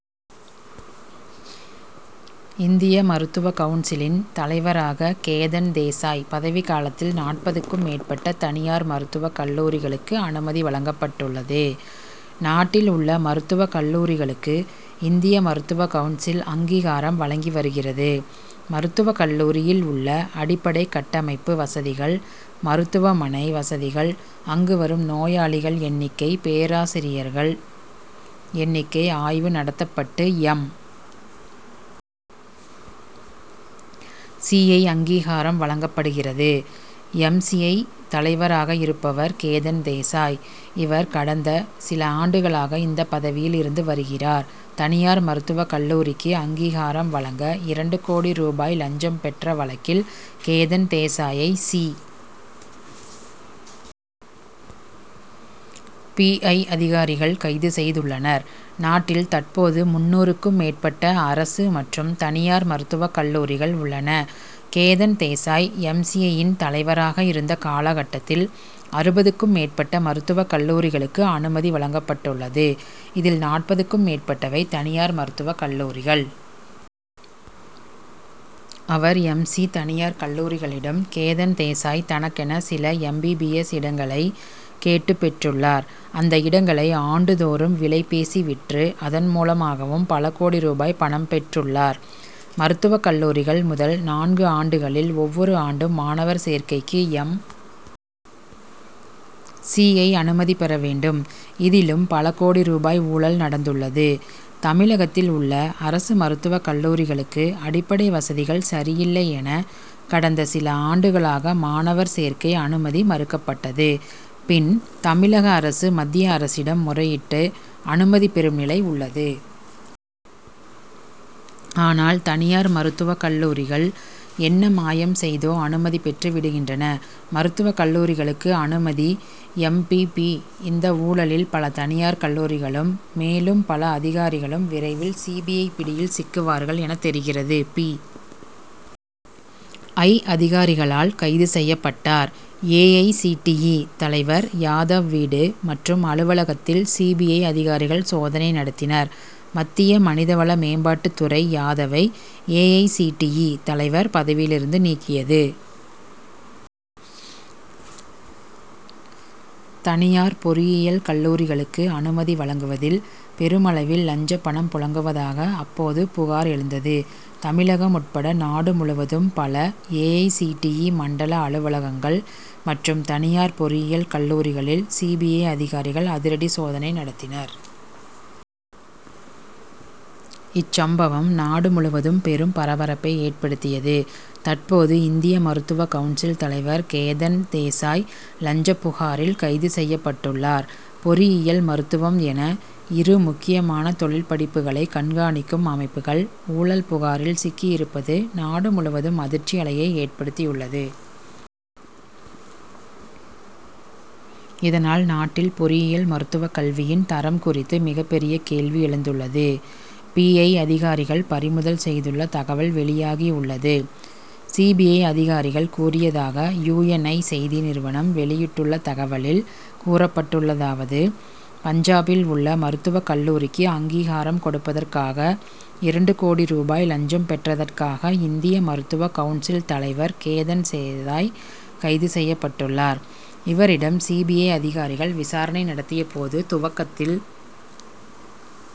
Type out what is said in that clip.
இந்திய மருத்துவக் கவுன்சிலின் தலைவராக கேதன் தேசாய் பதவிக்காலத்தில் நாற்பதுக்கும் மேற்பட்ட தனியார் மருத்துவக் கல்லூரிகளுக்கு அனுமதி வழங்கப்பட்டுள்ளது. நாட்டில் உள்ள மருத்துவக் கல்லூரிகளுக்கு இந்திய மருத்துவக் கவுன்சில் அங்கீகாரம் வழங்கி வருகிறது. மருத்துவக் கல்லூரியில் உள்ள அடிப்படைக் கட்டமைப்பு வசதிகள், மருத்துவமனை வசதிகள் அங்கு வரும் நோயாளிகள் எண்ணிக்கை பேராசிரியர்கள் எண்ணிக்கை ஆய்வு நடத்தப்பட்டு எம். சி. ஐ. அங்கீகாரம் வழங்கப்படுகிறது. எம். சி. ஐ. தலைவராக இருப்பவர் கேதன் தேசாய். இவர் கடந்த சில ஆண்டுகளாக இந்த பதவியில் இருந்து வருகிறார். தனியார் மருத்துவக் கல்லூரிக்கு அங்கீகாரம் வழங்க இரண்டு கோடி ரூபாய் லஞ்சம் பெற்ற வழக்கில் கேதன் தேசாயை சி. பி. ஐ.அதிகாரிகள் கைது செய்துள்ளனர். நாட்டில் தற்போது முந்நூறுக்கும் மேற்பட்ட அரசு மற்றும் தனியார் மருத்துவக் கல்லூரிகள் உள்ளன. கேதன் தேசாய் எம். சி. ஐ.யின் தலைவராக இருந்த காலகட்டத்தில் அறுபதுக்கும் மேற்பட்ட மருத்துவக் கல்லூரிகளுக்கு அனுமதி வழங்கப்பட்டுள்ளது. இதில் நாற்பதுக்கும் மேற்பட்டவை தனியார் மருத்துவக் கல்லூரிகள். அவர் எம். சி. தனியார் கல்லூரிகளிடம் கேதன் தேசாய் தனக்கென சில எம். பி. பி. எஸ். இடங்களை கேட்டுப் பெற்றுள்ளார். அந்த இடங்களை ஆண்டுதோறும் விலை பேசி விற்று அதன் மூலமாகவும் பல கோடி ரூபாய் பணம் பெற்றுள்ளார். மருத்துவக் கல்லூரிகள் முதல் நான்கு ஆண்டுகளில் ஒவ்வொரு ஆண்டும் மாணவர் சேர்க்கைக்கு எம். சி. ஐ., அனுமதி பெற வேண்டும். இதிலும் பல கோடி ரூபாய் ஊழல் நடந்துள்ளது. தமிழகத்தில் உள்ள அரசு மருத்துவக் கல்லூரிகளுக்கு அடிப்படை வசதிகள் சரியில்லை என கடந்த சில ஆண்டுகளாக மாணவர் சேர்க்கை அனுமதி மறுக்கப்பட்டது. பின் தமிழக அரசு மத்திய அரசிடம் முறையிட்டு அனுமதி பெறும் நிலை உள்ளது. ஆனால் தனியார் மருத்துவக் கல்லூரிகள் என்ன மாயம் செய்தோ அனுமதி பெற்று விடுகின்றன. மருத்துவக் கல்லூரிகளுக்கு அனுமதி எம். பி. பி. இந்த ஊழலில் பல தனியார் கல்லூரிகளும் மேலும் பல அதிகாரிகளும் விரைவில் சி. பி. ஐ. பிடியில் சிக்குவார்கள் என தெரிகிறது. பி. ஐ. அதிகாரிகளால் கைது செய்யப்பட்டார். A. I. C. T. E. தலைவர் யாதவ் வீடு மற்றும் அலுவலகத்தில் சி. பி. ஐ. அதிகாரிகள் சோதனை நடத்தினர். மத்திய மனிதவள மேம்பாட்டுத் துறை யாதவை A. I. C. T. E. தலைவர் பதவியிலிருந்து நீக்கியது. தனியார் பொறியியல் கல்லூரிகளுக்கு அனுமதி வழங்குவதில் பெருமளவில் லஞ்சப் பணம் புழங்குவதாக அப்போது புகார் எழுந்தது. தமிழகம் உட்பட நாடு முழுவதும் பல A. I. C. T. E. மண்டல அலுவலகங்கள் மற்றும் தனியார் பொறியியல் கல்லூரிகளில் சி. பி. ஐ.அதிகாரிகள் அதிரடி சோதனை நடத்தினர். இச்சம்பவம் நாடு முழுவதும் பெரும் பரபரப்பை ஏற்படுத்தியது. தற்போது இந்திய மருத்துவக் கவுன்சில் தலைவர் கேதன் தேசாய், லஞ்சப் புகாரில் கைது செய்யப்பட்டுள்ளார். பொறியியல் மருத்துவம் என இரு முக்கியமான தொழிற்படிப்புகளை கண்காணிக்கும் அமைப்புகள் ஊழல் புகாரில் சிக்கியிருப்பது நாடு முழுவதும் அதிர்ச்சி அலையை ஏற்படுத்தியுள்ளது. இதனால் நாட்டில் பொறியியல் மருத்துவக் கல்வியின் தரம் குறித்து மிகப்பெரிய கேள்வி எழுந்துள்ளது. பி. ஐ. அதிகாரிகள் பறிமுதல் செய்துள்ள தகவல் வெளியாகியுள்ளது. சி. பி. ஐ. அதிகாரிகள் கூறியதாக யு. என். ஐ.செய்தி நிறுவனம் வெளியிட்டுள்ள தகவலில் கூறப்பட்டுள்ளதாவது பஞ்சாபில் உள்ள மருத்துவக் கல்லூரிக்கு அங்கீகாரம் கொடுப்பதற்காக இரண்டு கோடி ரூபாய் லஞ்சம் பெற்றதற்காக இந்திய மருத்துவக் கவுன்சில் தலைவர் கேதன் தேசாய் கைது செய்யப்பட்டுள்ளார். இவரிடம் சி. பி. ஐ. அதிகாரிகள் விசாரணை நடத்தியபோது, துவக்கத்தில்